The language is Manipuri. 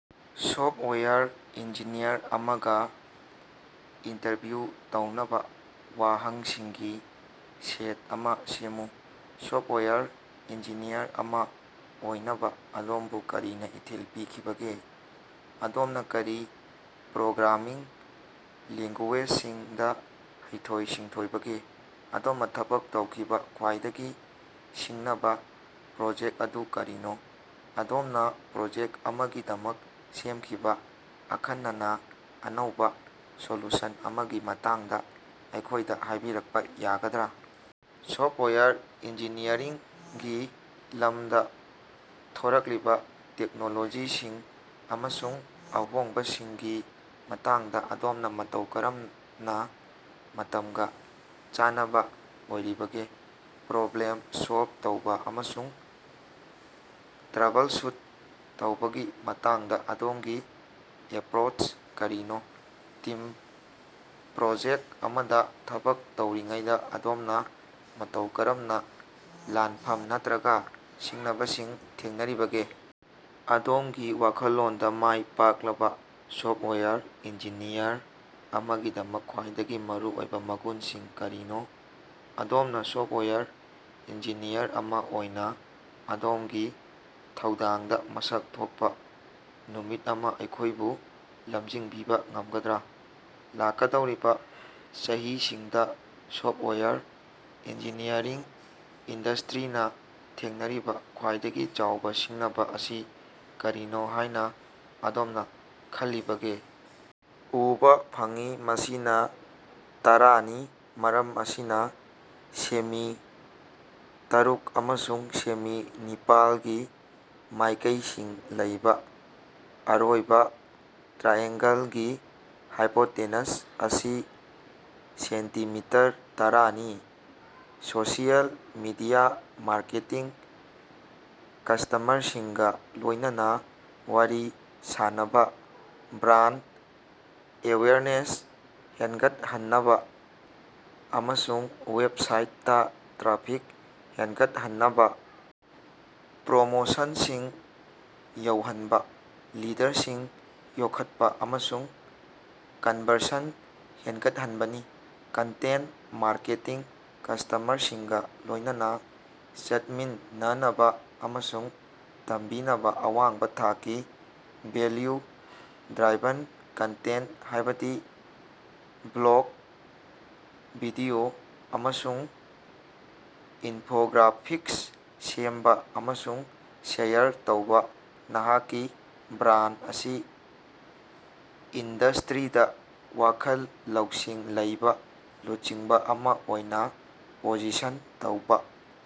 ꯁꯣꯐꯋꯦꯌꯔ ꯏꯟꯖꯤꯅꯤꯌꯔ ꯑꯃꯒ ꯏꯟꯇꯔꯚ꯭ꯌꯨ ꯇꯧꯅꯕꯥ ꯋꯥꯍꯪꯁꯤꯡꯒꯤ ꯁꯦꯠ ꯑꯃ ꯁꯦꯝꯃꯨ꯫ ꯁꯣꯐꯋꯦꯌꯔ ꯏꯟꯖꯤꯅꯤꯌꯔ ꯑꯃ ꯑꯣꯏꯅꯕ ꯑꯗꯣꯝꯕꯨ ꯀꯔꯤꯅ ꯏꯊꯤꯜ ꯄꯤꯈꯤꯕꯒꯦ? ꯑꯗꯣꯝꯅ ꯀꯔꯤ ꯄ꯭ꯔꯣꯒ꯭ꯔꯥꯃꯤꯡ ꯂꯦꯡꯒꯨꯌꯦꯖꯁꯤꯡꯗꯥ ꯍꯩꯊꯣꯏ-ꯁꯤꯡꯊꯣꯏꯕꯒꯦ? ꯑꯗꯣꯝꯅꯥ ꯊꯕꯛ ꯇꯧꯈꯤꯕꯥ ꯈ꯭ꯋꯥꯏꯗꯒꯤ ꯁꯤꯡꯅꯕ ꯄ꯭ꯔꯣꯖꯦꯛ ꯑꯗꯨ ꯀꯔꯤꯅꯣ? ꯑꯗꯣꯝꯅꯥ ꯄ꯭ꯔꯣꯖꯦꯛ ꯑꯃꯒꯤꯗꯃꯛ ꯁꯦꯝꯈꯤꯕ ꯑꯈꯟꯅꯅꯥ ꯑꯅꯧꯕꯥ ꯁꯣꯂꯨꯁꯟ ꯑꯃꯒꯤ ꯃꯇꯥꯡꯗ ꯑꯩꯈꯣꯏꯗ ꯍꯥꯏꯕꯤꯔꯛꯄ ꯌꯥꯒꯗ꯭ꯔꯥ? ꯁꯣꯐꯋꯦꯌꯔ ꯏꯟꯖꯤꯅꯤꯌꯔꯤꯡꯒꯤ ꯂꯝꯗꯥ ꯊꯣꯔꯛꯂꯤꯕ ꯇꯦꯛꯅꯣꯂꯣꯖꯤꯁꯤꯡ ꯑꯃꯁꯨꯡ ꯑꯍꯣꯡꯕꯁꯤꯡꯒꯤ ꯃꯇꯥꯡꯗ ꯑꯗꯣꯝꯅ ꯃꯇꯧ ꯀꯔꯝꯅ ꯃꯇꯝꯒꯥ ꯆꯥꯟꯅꯕ ꯑꯣꯏꯔꯤꯕꯒꯦ? ꯄ꯭ꯔꯣꯕ꯭ꯂꯦꯝ ꯁꯣꯜꯕ ꯇꯧꯕ ꯑꯃꯁꯨꯡ ꯇ꯭ꯔꯕꯜꯁꯨꯠ ꯇꯧꯕꯒꯤ ꯃꯇꯥꯡꯗ ꯑꯗꯣꯝꯒꯤ ꯑꯦꯄ꯭ꯔꯣꯁ ꯀꯔꯤꯅꯣ? ꯇꯤꯝ ꯄ꯭ꯔꯣꯖꯦꯛ ꯑꯃꯗ ꯊꯕꯛ ꯇꯧꯔꯤꯉꯩꯗ ꯑꯗꯣꯝꯅ ꯃꯇꯧ ꯀꯔꯝꯅ ꯂꯥꯟꯐꯝ ꯅꯠꯇ꯭ꯔꯒ ꯁꯤꯡꯅꯕꯁꯤꯡ ꯊꯦꯡꯅꯔꯤꯕꯒꯦ? ꯑꯗꯣꯝꯒꯤ ꯋꯥꯈꯜꯂꯣꯟꯗꯥ ꯃꯥꯏ ꯄꯥꯛꯂꯕ ꯁꯣꯐꯋꯦꯌꯔ ꯏꯟꯖꯤꯅꯤꯌꯔ ꯑꯃꯒꯤꯗꯃꯛ ꯈ꯭ꯋꯥꯏꯗꯒꯤ ꯃꯔꯨꯑꯣꯏꯕ ꯃꯒꯨꯟꯁꯤꯡ ꯀꯔꯤꯅꯣ? ꯑꯗꯣꯝꯅ ꯁꯣꯐꯋꯦꯌꯔ ꯏꯟꯖꯤꯅꯤꯌꯔ ꯑꯃ ꯑꯣꯏꯅ ꯑꯗꯣꯝꯒꯤ ꯊꯧꯗꯥꯡꯗ ꯃꯁꯛ ꯊꯣꯛꯄ ꯅꯨꯃꯤꯠ ꯑꯃ ꯑꯩꯈꯣꯏꯕꯨ ꯂꯝꯖꯤꯡꯕꯤꯕꯥ ꯉꯝꯒꯗ꯭ꯔꯥ? ꯂꯥꯛꯀꯗꯧꯔꯤꯕꯥ ꯆꯍꯤꯁꯤꯡꯗꯥ ꯁꯣꯐꯋꯦꯌꯔ ꯏꯟꯖꯤꯅꯤꯌꯔꯤꯡ ꯏꯟꯗꯁꯇ꯭ꯔꯤꯅ ꯊꯦꯡꯅꯔꯤꯕꯥ ꯈ꯭ꯋꯥꯏꯗꯒꯤ ꯆꯥꯎꯕ ꯁꯤꯡꯅꯕ ꯑꯁꯤ ꯀꯔꯤꯅꯣ ꯍꯥꯏꯅ ꯑꯗꯣꯝꯅ ꯈꯜꯂꯤꯕꯒꯦ? ꯎꯕꯥ ꯐꯪꯏ, ꯃꯁꯤꯅ ꯇꯔꯥꯅꯤ, ꯃꯔꯝ ꯑꯁꯤꯅ ꯁꯦꯃꯤ ꯇꯔꯨꯛ ꯑꯃꯁꯨꯡ ꯁꯦꯃꯤ ꯅꯤꯄꯥꯜꯒꯤ ꯃꯥꯏꯀꯩꯁꯤꯡ ꯂꯩꯕ ꯑꯔꯣꯏꯕ ꯇ꯭ꯔꯥꯏꯑꯦꯡꯒꯜꯒꯤ ꯍꯥꯏꯄꯣꯇꯦꯅꯁ ꯑꯁꯤ ꯁꯦꯟꯇꯤꯃꯤꯇꯔ ꯇꯔꯥꯅꯤ꯫ ꯁꯣꯁꯤꯑꯦꯜ ꯃꯤꯗꯤꯌꯥ ꯃꯥꯔꯀꯦꯇꯤꯡ ꯀꯁꯇꯃꯔꯁꯤꯡꯒꯥ ꯂꯣꯏꯅꯅ ꯋꯥꯔꯤ ꯁꯥꯟꯅꯕ, ꯕ꯭ꯔꯥꯟꯗ ꯑꯦꯋꯦꯌꯔꯅꯦꯁ ꯍꯦꯟꯒꯠꯍꯟꯅꯕꯥ ꯑꯃꯁꯨꯡ ꯋꯦꯕꯁꯥꯏꯠꯇꯥ ꯇ꯭ꯔꯥꯐꯤꯛ ꯍꯦꯟꯒꯠꯍꯟꯅꯕꯥ ꯄ꯭ꯔꯣꯃꯣꯁꯟꯁꯤꯡ ꯌꯧꯍꯟꯕꯥ, ꯂꯤꯗꯔꯁꯤꯡ ꯌꯣꯛꯈꯠꯄ ꯑꯃꯁꯨꯡ ꯀꯟꯕꯔꯁꯟ ꯍꯦꯟꯒꯠꯍꯟꯕꯅꯤ꯫ ꯀꯟꯇꯦꯟ ꯃꯥꯔꯀꯦꯇꯤꯡ ꯀꯁꯇꯃꯔꯁꯤꯡꯒ ꯂꯣꯏꯅꯅ ꯆꯠꯃꯤꯟꯅꯅꯕ ꯑꯃꯁꯨꯡ ꯇꯝꯕꯤꯅꯕ ꯑꯋꯥꯡꯕꯥ ꯊꯥꯛꯀꯤ, ꯚꯦꯜꯂꯨ-ꯗ꯭ꯔꯥꯏꯚꯟ ꯀꯟꯇꯦꯟ, ꯍꯥꯏꯕꯗꯤ ꯕ꯭ꯂꯣꯒ, ꯚꯤꯗꯤꯑꯣ ꯑꯃꯁꯨꯡ ꯏꯟꯐꯣꯒ꯭ꯔꯥꯐꯤꯛꯁ ꯁꯦꯝꯕꯥ ꯑꯃꯁꯨꯡ ꯁꯦꯌꯔ ꯇꯧꯕ, ꯅꯍꯥꯛꯀꯤ ꯕ꯭ꯔꯥꯟ ꯑꯁꯤ ꯏꯟꯗꯁꯇ꯭ꯔꯤꯗꯥ ꯋꯥꯈꯜ ꯂꯧꯁꯤꯡ ꯂꯩꯕꯥ ꯂꯨꯆꯤꯡꯕ ꯑꯃ ꯑꯣꯏꯅ ꯄꯣꯖꯤꯁꯟ ꯇꯧꯕ꯫